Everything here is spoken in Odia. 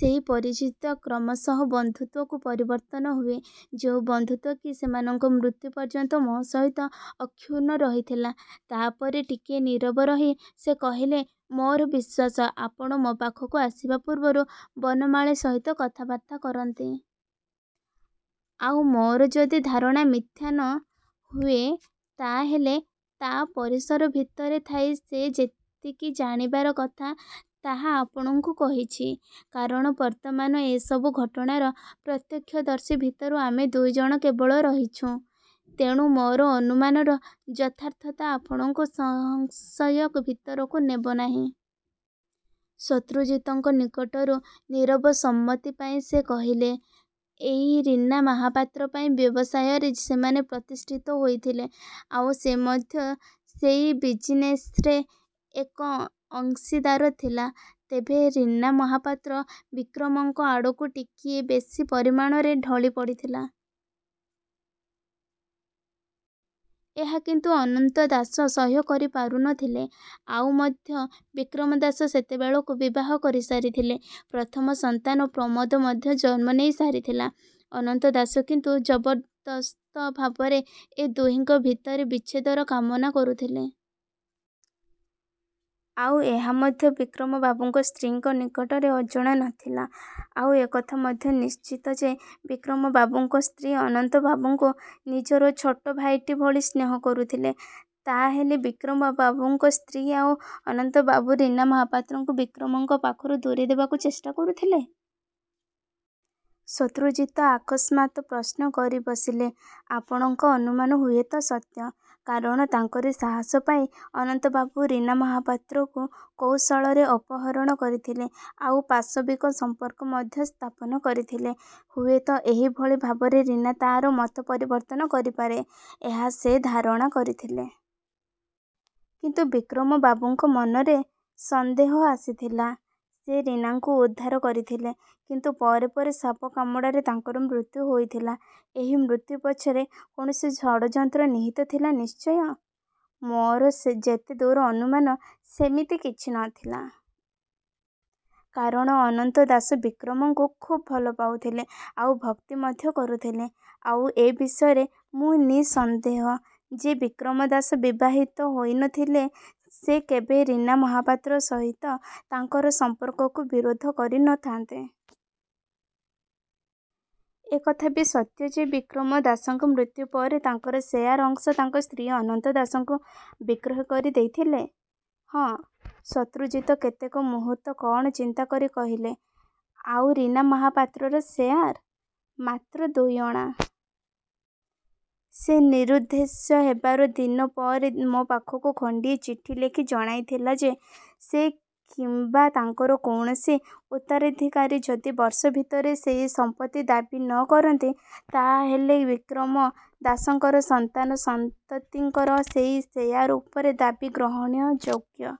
ସେଇ ପରିଚିତ କ୍ରମଶଃ ବନ୍ଧୁତ୍ୱକୁ ପରିବର୍ତ୍ତନ ହୁଏ, ଯେଉଁ ବନ୍ଧୁତ୍ୱ କି ସେମାନଙ୍କ ମୃତ୍ୟୁ ପର୍ଯ୍ୟନ୍ତ ମୋ ସହିତ ଅକ୍ଷୁଣ୍ଣ ରହିଥିଲା। ' ତା'ପରେ ଟିକିଏ ନୀରବ ରହି ସେ କହିଲେ, 'ମୋର ବିଶ୍ୱାସ, ଆପଣ ମୋ ପାଖକୁ ଆସିବା ପୂର୍ବରୁ ବନମାଳୀ ସହିତ କଥାବାର୍ତ୍ତା କରିଛନ୍ତି। ଆଉ ମୋର ଯଦି ଧାରଣା ମିଥ୍ୟା ନ। ହୁଏ, ତାହେଲେ ତା' ପରିସର ଭିତରେ ଥାଇ ସେ ଯେତିକି ଜାଣିବାର କଥା, ତାହା ଆପଣଙ୍କୁ କହିଛି। କାରଣ ବର୍ତ୍ତମାନ ଏ ସବୁ ଘଟଣାର ପ୍ରତ୍ୟକ୍ଷଦର୍ଶୀ ଭିତରୁ ଆମେ ଦୁଇଜଣ କେବଳ ରହିଛୁଁ। ତେଣୁ ମୋର ଅନୁମାନର ଯଥାର୍ଥତା ଆପଣଙ୍କୁ ସଂଶୟ ଭିତରକୁ ନେବ ନାହିଁ। ' ଶତ୍ରୁଜିତଙ୍କ ନିକଟରୁ ନୀରବ ସମ୍ମତି ପାଇ ସେ କହିଲେ, 'ଏଇ ରୀନା ମହାପାତ୍ର ପାଇଁ ବ୍ୟବସାୟରେ ସେମାନେ ପ୍ରତିଷ୍ଠିତ ହୋଇଥିଲେ। ଆଉ ସେ ମଧ୍ୟ ସେଇ ବିଜିନେସ୍ରେ ଏକ ଅଂଶୀଦାର ଥିଲା। ତେବେ ରୀନା ମହାପାତ୍ର ବିକ୍ରମଙ୍କ ଆଡ଼କୁ ଟିକିଏ ବେଶୀ ପରିମାଣରେ ଢଳିପଡ଼ିଥିଲା। ଏହା କିନ୍ତୁ ଅନନ୍ତ ଦାସ ସହ୍ୟ କରିପାରୁ ନ ଥିଲେ। ଆଉ ମଧ୍ୟ ବିକ୍ରମ ଦାସ ସେତେବେଳକୁ ବିବାହ କରିସାରିଥିଲେ। ପ୍ରଥମ ସନ୍ତାନ ପ୍ରମୋଦ ମଧ୍ୟ ଜନ୍ମ ନେଇ ସାରିଥିଲା। ଅନନ୍ତ ଦାସ କିନ୍ତୁ ଜବରଦସ୍ତ ଭାବରେ ଏ ଦୁହିଁଙ୍କ ଭିତରେ ବିଚ୍ଛେଦର କାମନା କରୁଥିଲେ। ଆଉ ଏହା ମଧ୍ୟ ବିକ୍ରମ ବାବୁଙ୍କ ସ୍ତ୍ରୀଙ୍କ ନିକଟରେ ଅଜଣା ନ ଥିଲା। ଆଉ ଏକଥା ମଧ୍ୟ ନିଶ୍ଚିତ ଯେ, ବିକ୍ରମବାବୁଙ୍କ ସ୍ତ୍ରୀ ଅନନ୍ତବାବୁଙ୍କୁ ନିଜର ଛୋଟ ଭାଇଟି ଭଳି ସ୍ନେହ କରୁଥିଲେ। ' 'ତା'ହେଲେ ବିକ୍ରମବାବୁଙ୍କ ସ୍ତ୍ରୀ ଆଉ ଅନନ୍ତବାବୁ ରୀନା ମହାପାତ୍ରକୁ ବିକ୍ରମଙ୍କ ପାଖରୁ ଦୂରେଇଦେବାକୁ ଚେଷ୍ଟା କରୁଥିଲେ? ' ଶତ୍ରୁଜିତ୍ ଅକସ୍ମାତ ପ୍ରଶ୍ନ କରି ବସିଲେ। 'ଆପଣଙ୍କ ଅନୁମାନ ହୁଏତ ସତ୍ୟ। କାରଣ ତାଙ୍କରି ସାହସ ପାଇ ଅନନ୍ତବାବୁ ରୀନା ମହାପାତ୍ରକୁ କୌଶଳରେ ଅପହରଣ କରିଥିଲେ, ଆଉ ପାଶବିକ ସଂପର୍କ ମଧ୍ୟ ସ୍ଥାପନ କରିଥିଲେ-। ହୁଏତ ଏହିଭଳି ଭାବରେ ରୀନା ତା'ର ମତ ପରିବର୍ତ୍ତନ କରିପାରେ, ଏହା ସେ ଧାରଣା କରିଥିଲେ। କିନ୍ତୁ ବିକ୍ରମବାବୁଙ୍କ ମନରେ ସନ୍ଦେହ ଆସିଥିଲା। ସେ ରୀନାଙ୍କୁ ଉଦ୍ଧାର କରିଥିଲେ-। କିନ୍ତୁ ପରେ ପରେ ସାପକାମୁଡ଼ାରେ ତାଙ୍କର ମୃତ୍ୟୁ ହୋଇଥିଲା। ' 'ଏହି ମୃତ୍ୟୁ ପଛରେ କୌଣସି ଷଡ଼ଯନ୍ତ୍ର ନିହିତ ଥିଲା ନିଶ୍ଚୟ? ' 'ମୋର ଯେତେଦୂର ଅନୁମାନ, ସେମିତି କିଛି ନ ଥିଲା। କାରଣ ଅନନ୍ତ ଦାସ ବିକ୍ରମଙ୍କୁ ଖୁବ୍ ଭଲ ପାଉଥିଲେ ଆଉ ଭକ୍ତି ମଧ୍ୟ କରୁଥିଲେ। ଆଉ ଏ ବିଷୟରେ ମୁଁ ନିଃସନ୍ଦେହ ଯେ ବିକ୍ରମ ଦାସ ବିବାହିତ ହୋଇ ନ ଥିଲେ ସେ କେବେ ରୀନା ମହାପାତ୍ର ସହିତ ତାଙ୍କର ସମ୍ପର୍କକୁ ବିରୋଧ କରି ନ ଥାନ୍ତେ। 'ଏକଥା ବି ସତ୍ୟ ଯେ, ବିକ୍ରମ ଦାସଙ୍କ ମୃତ୍ୟୁ ପରେ ତାଙ୍କର ସେୟାର ଅଂଶ ତାଙ୍କ ସ୍ତ୍ରୀ ଅନନ୍ତ ଦାସଙ୍କୁ ବିକ୍ରୟ କରି ଦେଇଥିଲେ? ' 'ହଁ। ' ଶତ୍ରୁଜିତ କେତେକ ମୁହୂର୍ତ୍ତ କ'ଣ ଚିନ୍ତା କରି କହିଲେ, 'ଆଉ ରୀନା ମହାପାତ୍ରର ସେୟାର? ' 'ମାତ୍ର ଦୁଇଅଣା। ସେ ନିରୁଦ୍ଦେଶ୍ୟ ହେବାର। ଦିନ ପରେ ମୋ ପାଖକୁ ଖଣ୍ଡିଏ ଚିଠି ଲେଖି ଜଣାଇଥିଲା ଯେ, ସେ କିମ୍ବା ତାଙ୍କର କୌଣସି ଉତ୍ତରାଧିକାରୀ ଯଦି ବର୍ଷ ଭିତରେ ସେଇ ସମ୍ପତ୍ତି ଦାବୀ ନ କରନ୍ତି, ତା'ହେଲେ ବିକ୍ରମ ଦାସଙ୍କର ସନ୍ତାନସନ୍ତତିଙ୍କର ସେଇ ସେୟାର ଉପରେ ଦାବୀ ଗ୍ରହଣଯୋଗ୍ୟ